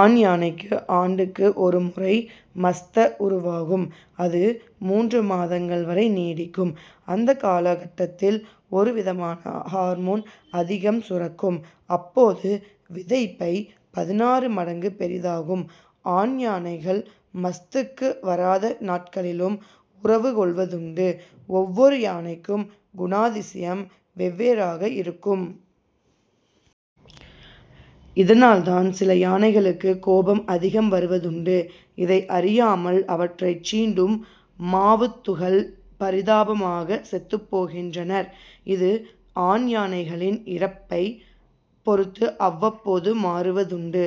ஆண் யானைக்கு ஆண்டுக்கு ஒரு முறை மஸ்த உருவாகும். அது மூன்று மாதங்கள் வரை நீடிக்கும். அந்தக் கால கட்டத்தில் ஒரு விதமான ஹார்மோன் அதிகம் சுரக்கும் அப்போது விதைப்பை பதினாறு மடங்கு பெரிதாகும். ஆண் யானைகள் மஸ்துக்கு வராத நாட்களிலும் உறவு கொள்வதுண்டு. ஒவ்வொரு யானைக்கும் குணாதிசயம் வெவ்வேறாக இருக்கும். இதனால்தான் சில யானைகளுக்கு கோபம் அதிகம் வருவதுண்டு. இதை அறியாமல் அவற்றைச் சீண்டும் மாவூத்துகள் பரிதாபமாக செத்துப்போகின்றனர். இது ஆண் யானைகளின் இறப்பைப் பொறுத்து அவ்வப்போது மாறுவதுண்டு.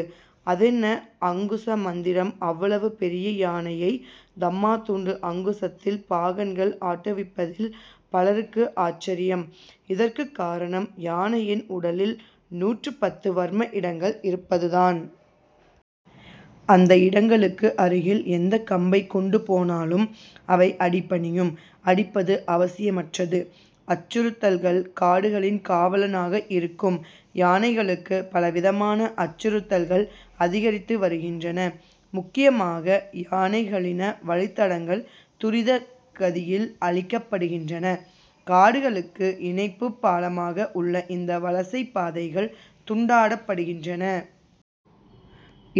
அதென்ன அங்குச மந்திரம் அவ்வளவு பெரிய யானையை தம்மாத்துண்டு அங்குசத்தில் பாகன்கள் ஆட்டுவிப்பதில் பலருக்கு ஆச்சரியம். இதற்குக்காரணம் யானையின் உடலில் நூற்று பத்து வர்ம இடங்கள் இருப்பதுதான். அந்த இடங்களுக்கு அருகில் எந்த கம்பைக்கொண்டு போனாலும் அவை அடி பணியும் அடிப்பது அவசியமற்றது. அச்சுறுத்தல்கள் காடுகளின் காவலனாக இருக்கும் யானைகளுக்கு பல விதமான அச்சுறுத்தல்கள் அதிகரித்து வருகின்றன. முக்கியமாக யானைகளின வழித்தடங்கள் துரித கதியில் அழிக்கப்படுகின்றன. காடுகளுக்கு இணைப்புப் பாலமாக உள்ள இந்த வலசைப்பாதைகள் துண்டாடப்படுகின்றன.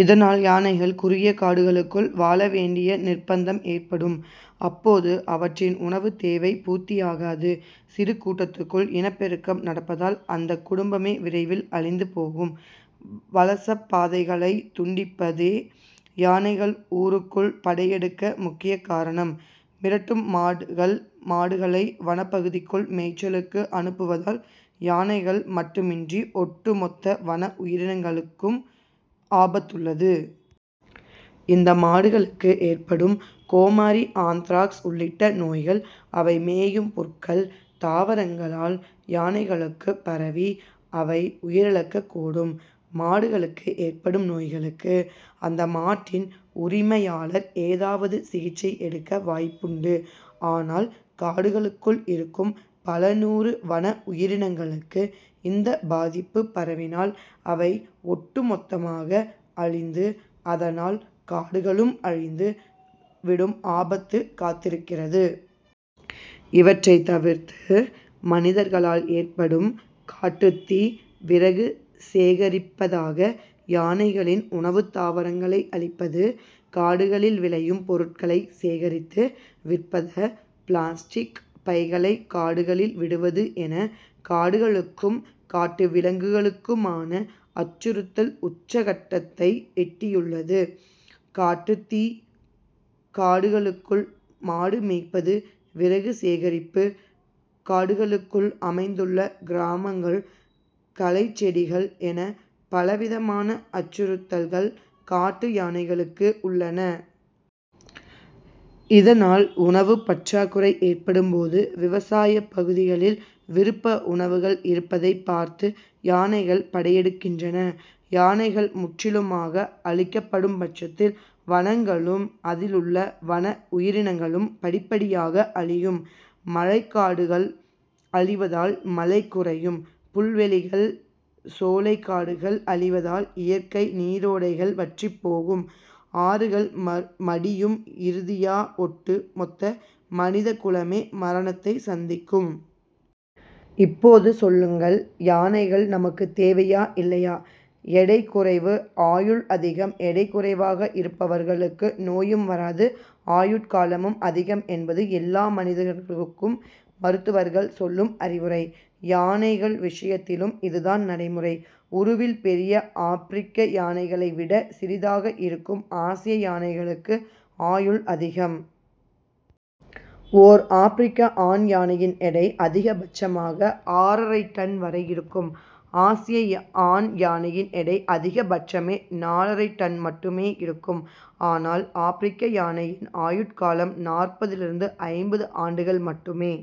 இதனால் யானைகள் குறுகிய காடுகளுக்குள் வாழ வேண்டிய நிர்ப்பந்தம் ஏற்படும். அப்போது அவற்றின் உணவுத் தேவை பூர்த்தியாகாது. சிறு கூட்டத்துக்குள் இனப் பெருக்கம் நடப்பதால் அந்த குடும்பமே விரைவில் அழிந்து போகும். வலசைப் பாதைகளைத் துண்டிப்பதே யானைகள் ஊருக்குள் படையெடுக்க முக்கியக்காரணம். மிரட்டும் மாடுகள் மாடுகளை வனப்பகுதிக்குள் மேய்ச்சலுக்கு அனுப்புவதால் யானைகள் மட்டுமின்றி ஒட்டு மொத்த வன உயிரினங்களுக்கும் ஆபத்துள்ளது. இந்த மாடுகளுக்கு ஏற்படும் கோமாரி ஆந்த்ராக்ஸ் உள்ளிட்ட நோய்கள் அவை மேயும் புற்கள், தாவரங்களால் யானைகளுக்குப் பரவி அவை உயிரிழக்கக்கூடும். மாடுகளுக்கு ஏற்படும் நோய்களுக்கு அந்த மாட்டின் உரிமையாளர் ஏதாவது சிகிச்சை எடுக்க வாய்ப்புண்டு. ஆனால் காடுகளுக்குள் இருக்கும் பல நூறு வன உயிரினங்களுக்கு இந்த பாதிப்பு பரவினால் அவை ஒட்டு மொத்தமாக அழிந்து அதனால் காடுகளும் அழிந்து விடும் ஆபத்து காத்திருக்கிறது. இவற்றைத் தவிர்த்து மனிதர்களால் ஏற்படும் காட்டுத்தீ விறகு சேகரிப்பதாக யானைகளின் உணவுத்தாவரங்களை அழிப்பது காடுகளில் விளையும் பொருட்களை சேகரித்து விற்பத பிளாஸ்டிக் பைகளை காடுகளில் விடுவது என காடுகளுக்கும் காட்டு விலங்குகளுக்குமான அச்சுறுத்தல் உச்சக்கட்டத்தை எட்டியுள்ளது. காட்டுத்தீ காடுகளுக்குள் மாடு மேய்ப்பது விறகு சேகரிப்பு காடுகளுக்குள் அமைந்துள்ள கிராமங்கள் களைச்செடிகள் என பலவிதமான அச்சுறுத்தல்கள் காட்டு யானைகளுக்கு உள்ளன. இதனால் உணவுப் பற்றாக்குறை ஏற்படும்போது விவசாயப் பகுதிகளில் விருப்ப உணவுகள் இருப்பதைப் பார்த்து யானைகள் படையெடுக்கின்றன. யானைகள் முற்றிலுமாக அழிக்கப்படும்பட்சத்தில் வனங்களும் அதிலுள்ள வன உயிரினங்களும் படிப்படியாக அழியும். மழைக்காடுகள் அழிவதால் மழை குறையும். புல்வெளிகள் சோலைக்காடுகள் அழிவதால் இயற்கை நீரோடைகள் வற்றிப் போகும் ஆறுகள ம மடியும் இறுதியா ஒட்டு மொத்த மனித குலமே மரணத்தை சந்திக்கும். இப்போது சொல்லுங்கள் யானைகள் நமக்குத் தேவையா இல்லையா? எடை குறைவு ஆயுள் அதிகம்! எடை குறைவாக இருப்பவர்களுக்கு நோயும் வராது ஆயுட்காலமும் அதிகம் என்பது எல்லா மனிதர்களுக்கும் மருத்துவர்கள் சொல்லும் அறிவுரை. யானைகள் விஷயத்திலும் இதுதான் நடைமுறை. உருவில் பெரிய ஆப்பிரிக்க யானைகளை விட சிறிதாக இருக்கும் ஆசிய யானைகளுக்கு ஆயுள் அதிகம். ஓர் ஆப்பிரிக்க ஆண் யானையின் எடை, அதிகபட்சமாக ஆறரைடன் வரை இருக்கும். ஆசிய ஆண் யானையின் எடை அதிகபட்சமே நாலரைடன் மட்டுமே இருக்கும். ஆனால் ஆப்பிரிக்க யானையின் ஆயுட்காலம் நாற்பதிலிருந்து ஐம்பது ஆண்டுகள் மட்டுமே.